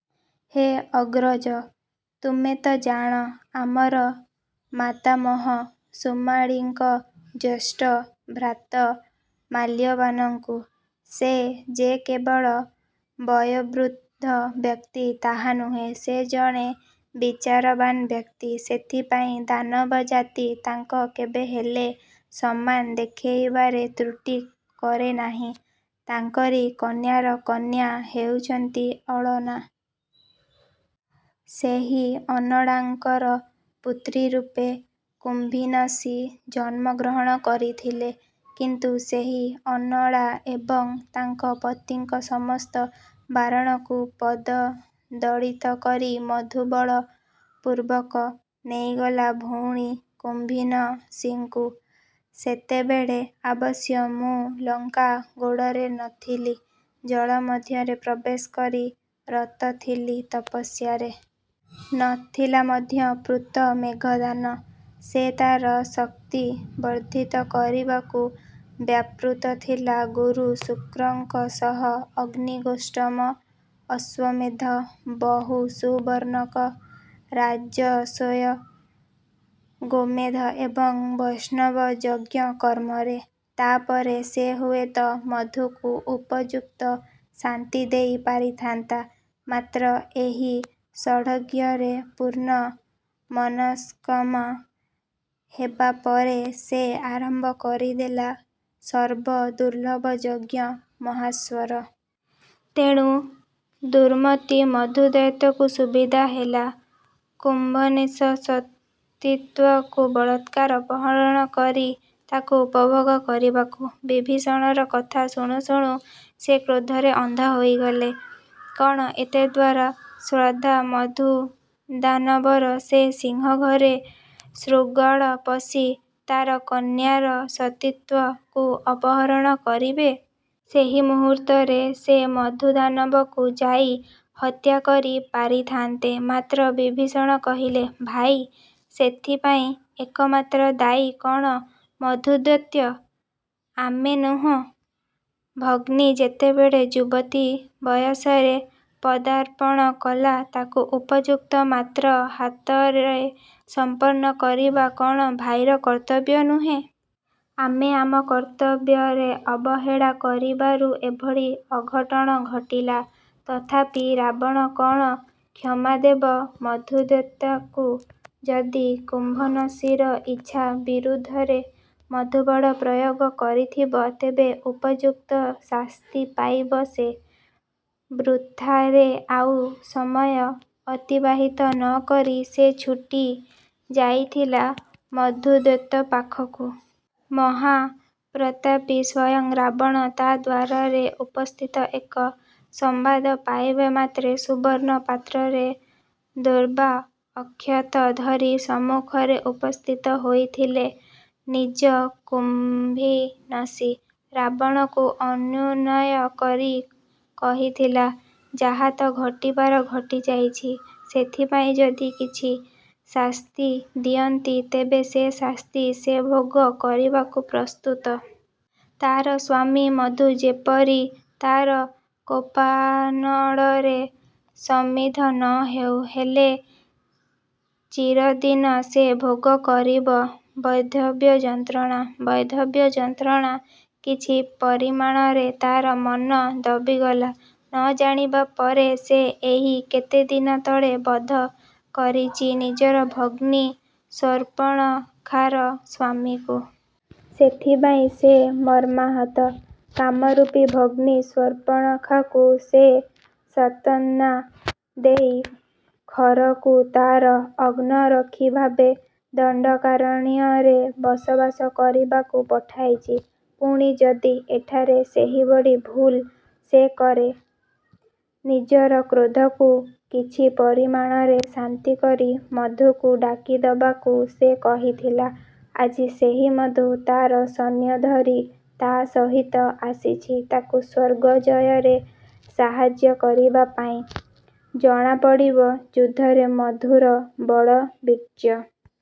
ହେ ଅଗ୍ରଜ! ତୁମେ ତ ଜାଣ ଆମ୍ଭର ମାତାମହ ସୁମାଳୀଙ୍କ ଜ୍ୟେଷ୍ଠ ଭ୍ରାତ ମାଲ୍ୟବାନଙ୍କୁ। ସେ ଯେ କେବଳ ବୟୋବୃଦ୍ଧ ବ୍ୟକ୍ତି ତାହା ନୁହେଁ, ସେ ଜଣେ ବିଚାରବାନ ବ୍ୟକ୍ତି। ସେଥିପାଇଁ ଦାନବ ଜାତି ତାଙ୍କ କେବେ ହେଲେ ସମ୍ମାନ ଦେଖାଇବାରେ ତ୍ରୁଟି କରେନାହିଁ। ତାଙ୍କରି କନ୍ୟାର କନ୍ୟା ହେଉଛନ୍ତି ଅନଳା। ସେହି ଅନଳାଙ୍କର ପୁତ୍ରୀରୂପେ କୁମ୍ଭୀନସୀ ଜନ୍ମ ଗ୍ରହଣ କରିଥିଲା। କିନ୍ତୁ ସେହି ଅନଳା ଏବଂ ତାଙ୍କ ପତିଙ୍କ ସମସ୍ତ ବାରଣକୁ ପଦଦଳିତ କରି ମଧୁ ବଳ ପୂର୍ବକ ନେଇଗଲା ଭଉଣୀ କୁମ୍ଭୀନସୀକୁ। ସେତେବେଳେ ଅବଶ୍ୟ ମୁଁ ଲଙ୍କା ଗଡ଼ରେ ନଥିଲି। ଜଳ ମଧ୍ୟରେ ପ୍ରବେଶ କରି ରତଥିଲି ତପସ୍ୟାରେ। ନଥିଲା ମଧ୍ୟ ପୁତ୍ର ମେଘନାଦ। ସେ ତାର ଶକ୍ତି ବର୍ଦ୍ଧିତ କରିବାକୁ ବ୍ୟାପୃତ ଥିଲା ଗୁରୁ ଶୁକ୍ରଙ୍କ ସହ ଅଗ୍ନିଷ୍ଠୋମ, ଅଶ୍ୱମେଧ, ବହୁ ସୁବର୍ଣ୍ଣକ, ରାଜସୂୟ, ଗୋମେଧ ଏବଂ ବୈଷ୍ଣବ ଯଜ୍ଞ କର୍ମରେ। ତା'ପରେ ସେ ହୁଏତ ମଧୁକୁ ଉପଯୁକ୍ତ ଶାସ୍ତି ଦେଇ ପାରିଥାନ୍ତା, ମାତ୍ର ଏହି ଷଡ଼ଯଜ୍ଞରେ ପୂର୍ଣ୍ଣ ମନସ୍କାମ ହେବାପରେ ସେ ଆରମ୍ଭ କରିଦେଲା ସର୍ବ ଦୁର୍ଲଭ ଯଜ୍ଞ ମାହେଶ୍ୱର। ତେଣୁ ଦୁର୍ମତି ମଧୁ ଦୈତ୍ୟକୁ ସୁବିଧା ହେଲା କୁମ୍ଭୀନସୀର ସତୀତ୍ୱକୁ ବଳତ୍କାରରେ ଅପହରଣ କରି ତାକୁ ଉପଭୋଗ କରିବାକୁ। ବିଭୀଷଣର କଥା ଶୁଣୁ ଶୁଣୁ ସେ କ୍ରୋଧରେ ଅନ୍ଧ ହୋଇଗଲା। କଣ ଏତେଦୂର ସ୍ପର୍ଦ୍ଧା ମଧୁଦାନବର ଯେ ସିଂହଘରେ ଶୃଗାଳ ପଶି ତାର କନ୍ୟାର ସତୀତ୍ୱକୁ ଅପହରଣ କରିବ! ସେହି ମୁହୂର୍ତ୍ତରେ ସେ ମଧୁଦାନବକୁ ଯାଇ ହତ୍ୟା କରି ପାରିଥାନ୍ତା। ମାତ୍ର ବିଭୀଷଣ କହିଲା, ଭାଇ! ସେଥିପାଇଁ। ଏକମାତ୍ର ଦାୟୀ କଣ ମଧୁଦୈତ୍ୟ? ଆମେ ନୋହୁ? ଭଗ୍ନୀ ଯେତେବେଳେ ଯୁବତୀ ବୟସରେ ପଦାର୍ପଣ କଲା ତାକୁ ଉପଯୁକ୍ତ ପାତ୍ର ହାତରେ ସମର୍ପଣ କରିବା କଣ ଭାଇର କର୍ତ୍ତବ୍ୟ ନୁହେଁ? ଆମେ ଆମ କର୍ତ୍ତବ୍ୟରେ ଅବହେଳା କରିବାରୁ ଏଭଳି ଅଘଟଣ ଘଟିଗଲା। ତଥାପି ରାବଣ କଣ କ୍ଷମାଦେବ ମଧୁଦୈତ୍ୟକୁ। ଯଦି କୁମ୍ଭୀନସୀର ଇଚ୍ଛା ବିରୁଦ୍ଧରେ ମଧୁବଳ ପ୍ରୟୋଗ କରିଥିବ, ତେବେ ଉପଯୁକ୍ତ ଶାସ୍ତି ପାଇବ ସେ। ବୃଥାରେ ଆଉ ସମୟ ଅତିବାହିତ ନ କରି ସେ ଛୁଟି ଯାଇଥିଲା ମଧୁଦୈତ୍ୟପାଖକୁ। ମହାପ୍ରତାପୀ ସ୍ୱୟଂ ରାବଣ ତା ଦ୍ୱାରରେ ଉପସ୍ଥିତ ଏ ସମ୍ୱାଦ ପାଇବା ମାତ୍ରେ ସୁବର୍ଣ୍ଣ ପାତ୍ରରେ ଦୂର୍ବା ଅକ୍ଷତ ଧରି ସମ୍ମୁଖରେ ଉପସ୍ଥିତ ହୋଇଥିଲା ନିଜେ କୁମ୍ଭୀନସୀ। ରାବଣକୁ ଅନୁନୟ କରି କହିଥିଲା, ଯାହା ତ ଘଟିବାର ଘଟି ଯାଇଛି, ସେଥିପାଇଁ ଯଦି କିଛି ଶାସ୍ତି ଦିଅନ୍ତି ତେବେ ସେ ଶାସ୍ତି ସେ ଭୋଗ କରିବାକୁ ପ୍ରସ୍ତୁତ। ତାର ସ୍ୱାମୀ ମଧୁ ଯେପରି ତାର କୋପାନଳରେ ସମିଧ ନ ହେଉ। ହେଲେ ଚିରଦିନ ସେ ଭୋଗ କରିବ ବୈଧବ୍ୟ ଯନ୍ତ୍ରଣା। ବୈଧବ୍ୟ ଯନ୍ତ୍ରଣା। କିଛି ପରିମାଣରେ ତାର ମନ ଦବିଗଲା। ନ ଜାଣିବା ପଣରେ ସେ ଏହି କେତେଦିନ ତଳେ ବଧ କରିଛି ନିଜର ଭଗ୍ନି ସୂର୍ପଣଖାର ସ୍ୱାମୀକୁ। ସେଥିପାଇଁ ସେ ମର୍ମାହତ-। କାମରୂପୀ ଭଗ୍ନି ସୂର୍ପଣଖାକୁ ସେ ସାନ୍ତ୍ୱନା ଦେଇ ଖରକୁ ତାର ଅଙ୍ଗରକ୍ଷୀଭାବେ ଦଣ୍ଡକାରଣ୍ୟରେ ବସବାସ କରିବାକୁ ପଠାଇଛି। ପୁଣି ଯଦି ଏଠାରେ ସେହିଭଳି ଭୁଲ୍ ସେ କରେ-? ନିଜର କ୍ରୋଧକୁ କିଛି ପରିମାଣରେ ଶାନ୍ତକରି ମଧୁକୁ ଡାକିଦେବାକୁ ସେ କହିଥିଲା। ଆଜି ସେହି ମଧୁ ତାର ସୈନ୍ୟ ଧରି ତା ସହିତ ଆସିଛି ତାକୁ ସ୍ୱର୍ଗ ଜୟରେ ସାହାଯ୍ୟ କରିବା ପାଇଁ-। ଜଣାପଡ଼ିବ ଯୁଦ୍ଧରେ ମଧୁର ବଳବୀର୍ଯ୍ୟ।